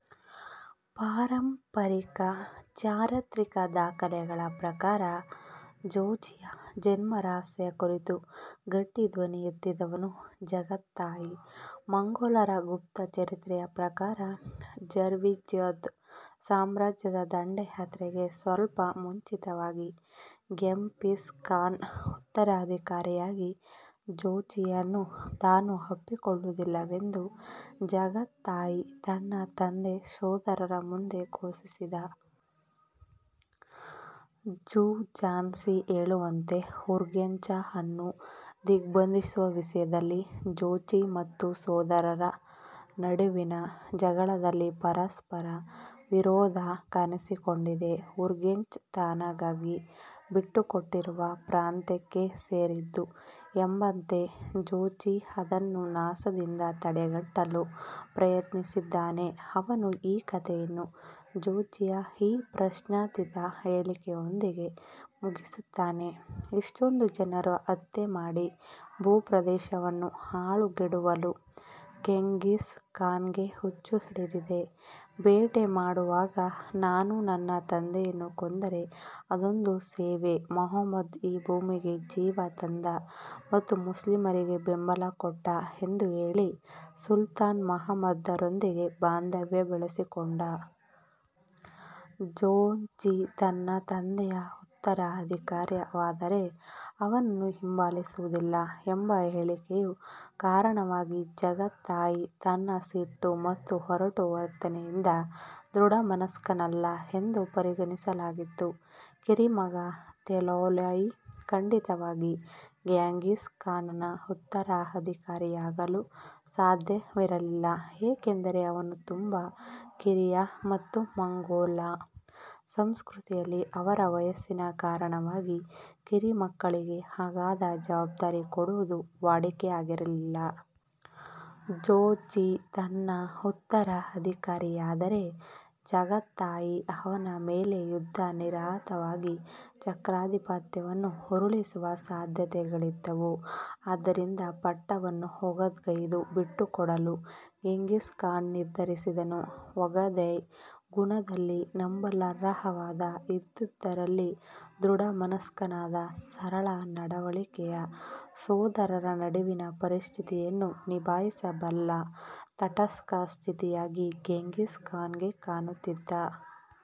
ಪಾರಂಪರಿಕ, ಚಾರಿತ್ರಿಕ ದಾಖಲೆಗಳ ಪ್ರಕಾರ ಜೋಚಿಯ ಜನ್ಮರಹಸ್ಯ ಕುರಿತು ಗಟ್ಟಿ ಧ್ವನಿ ಎತ್ತಿದವನು ಚಗತಾಯ್. ಮಂಗೋಲರ ಗುಪ್ತ ಚರಿತ್ರೆಯ ಪ್ರಕಾರ ಖ್ವಾರೆಝ್ಮಿದ್ ಸಾಮ್ರಾಜ್ಯದ ದಂಡಯಾತ್ರೆಗೆ ಸ್ವಲ್ಪ ಮುಂಚಿತವಾಗಿ ಗೆಂಘಿಸ್ ಖಾನ್ನ ಉತ್ತರಾಧಿಕಾರಿಯಾಗಿ ಜೋಚಿಯನ್ನು ತಾನು ಒಪ್ಪಿಕೊಳ್ಳುವುದಿಲ್ಲವೆಂದು ಚಗತಾಯ್ ತನ್ನ ತಂದೆ ಮತ್ತು ಸಹೋದರರ ಮುಂದೆ ಘೋಷಿಸಿದ. ಜುಝ್ಜಾನಿ ಹೇಳುವಂತೆ ಉರ್ಗೆಂಚ್ ಅನ್ನು ದಿಗ್ಭಂಧಿಸುವ ವಿಷಯದಲ್ಲಿ ಜೋಚಿ ಮತ್ತು ಸಹೋದರರ ನಡುವಿನ ಜಗಳದಲ್ಲಿ ಪರಸ್ಪರ ವಿರೋಧ ಕಾಣಿಸಿಕೊಂಡಿದೆ. ಉರ್ಗೆಂಚ್ ತನಗಾಗಿ ಬಿಟ್ಟುಕೊಟ್ಟಿರುವ ಪ್ರಾಂತ್ಯಕ್ಕೆ ಸೇರಿದ್ದು ಎಂಬಂತೆ ಜೋಚಿ ಅದನ್ನು ನಾಶದಿಂದ ತಡೆಗಟ್ಟಲು ಪ್ರಯತ್ನಿಸಿದ್ದಾನೆ. ಅವನ ಈ ಕತೆಯನ್ನು ಜೋಚಿಯ ಈ ಪ್ರಶ್ನಾತೀತ ಹೇಳಿಕೆಯೊಂದಿಗೆ ಮುಗಿಸುತ್ತಾನೆ: " ಇಷ್ಟೊಂದು ಜನರ ಹತ್ಯೆ ಮಾಡಿ, ಭೂ ಪ್ರದೇಶವನ್ನು ಹಾಳುಗೆಡವಲು ಗೆಂಘಿಸ್ ಖಾನ್ಗೆ ಹುಚ್ಚು ಹಿಡಿದಿದೆ, ಭೇಟಿಮಾಡುವಾಗ ನಾನು ನನ್ನ ತಂದೆಯನ್ನು ಕೊಂದರೆ ಅದೊಂದು ಸೇವೆ, ಮೊಹಮ್ಮದ್ ಈ ಭೂಮಿಗೆ ಜೀವ ತಂದ ಮತ್ತು ಮುಸ್ಲಿಮರಿಗೆ ಬೆಂಬಲ ಕೊಟ್ಟ" ಎಂದು ಹೇಳಿ ಸುಲ್ತಾನ್ ಮೊಹಮ್ಮದನೊಂದಿಗೆ ಬಾಂಧವ್ಯ ಬೆಳೆಸಿಕೊಂಡ. ಜೋಚಿ ತನ್ನ ತಂದೆಯ ಉತ್ತರಾಧಿಕಾರಿಯಾದರೆ ಅವನನ್ನು ಹಿಂಬಾಲಿಸುವುದಿಲ್ಲ ಎಂಬ ಹೇಳಿಕೆಯ ಕಾರಣವಾಗಿ ಚಗತಾಯ್ ತನ್ನ ಸಿಟ್ಟು ಮತ್ತು ಒರಟು ವರ್ತನೆಯಿಂದ ದೃಢ ಮನಸ್ಕನಲ್ಲ ಎಂದು ಪರಿಗಣಿಸಲಾಗಿತ್ತು. ಕಿರಿಮಗ ತೊಲೂಯಿ ಖಂಡಿತವಾಗಿ ಗೆಂಘಿಸ್ ಖಾನನ ಉತ್ತರಾಧಿಕಾರಿಯಾಗಲು ಸಾಧ್ಯವಿರಲಿಲ್ಲ ಏಕೆಂದರೆ ಅವನು ತುಂಬಾ ಕಿರಿಯ ಮತ್ತು ಮಂಗೋಲ್ ಸಂಸ್ಕೃತಿಯಲ್ಲಿ ಅವರ ವಯಸ್ಸಿನ ಕಾರಣವಾಗಿ ಕಿರಿಮಕ್ಕಳಿಗೆ ಅಗಾಧ ಜವಾಬ್ಧಾರಿ ಕೊಡುವುದು ವಾಡಿಕೆಯಾಗಿರಲಿಲ್ಲ. ಜೋಚಿ ತನ್ನ ಉತ್ತರಾಧಿಕಾರಿಯಾದರೆ, ಚಗತಾಯ್ ಅವನ ಮೇಲೆ ಯುದ್ಧ ನಿರತವಾಗಿ ಚಕ್ರಾಧಿಪತ್ಯವನ್ನು ಉರುಳಿಸುವ ಸಾಧ್ಯತೆಗಳಿದ್ದವು. ಆದ್ದರಿಂದ ಪಟ್ಟವನ್ನು ಒಗೆದೆಯ್ಗೆ ಬಿಟ್ಟುಕೊಡಲು ಗೆಂಘಿಸ್ ಖಾನ್ ನಿರ್ಧರಿಸಿದನು. ಒಗೆದೆಯ್ ಗುಣದಲ್ಲಿ ನಂಬಲರ್ಹವಾದ, ಇದ್ದುದರಲ್ಲಿ ದೃಢಮನಸ್ಕನಾದ ಸರಳ ನಡವಳಿಕೆಯ ಸಹೋದರರ ನಡುವಿನ ಪರಿಸ್ಥಿತಿಯನ್ನು ನಿಭಾಯಿಸ ಬಲ್ಲ ತಟಸ್ಥ ಅಭ್ಯರ್ಥಿಯಾಗಿ ಗೆಂಘಿಸ್ ಖಾನ್ಗೆ ಕಾಣುತ್ತಿದ್ದ.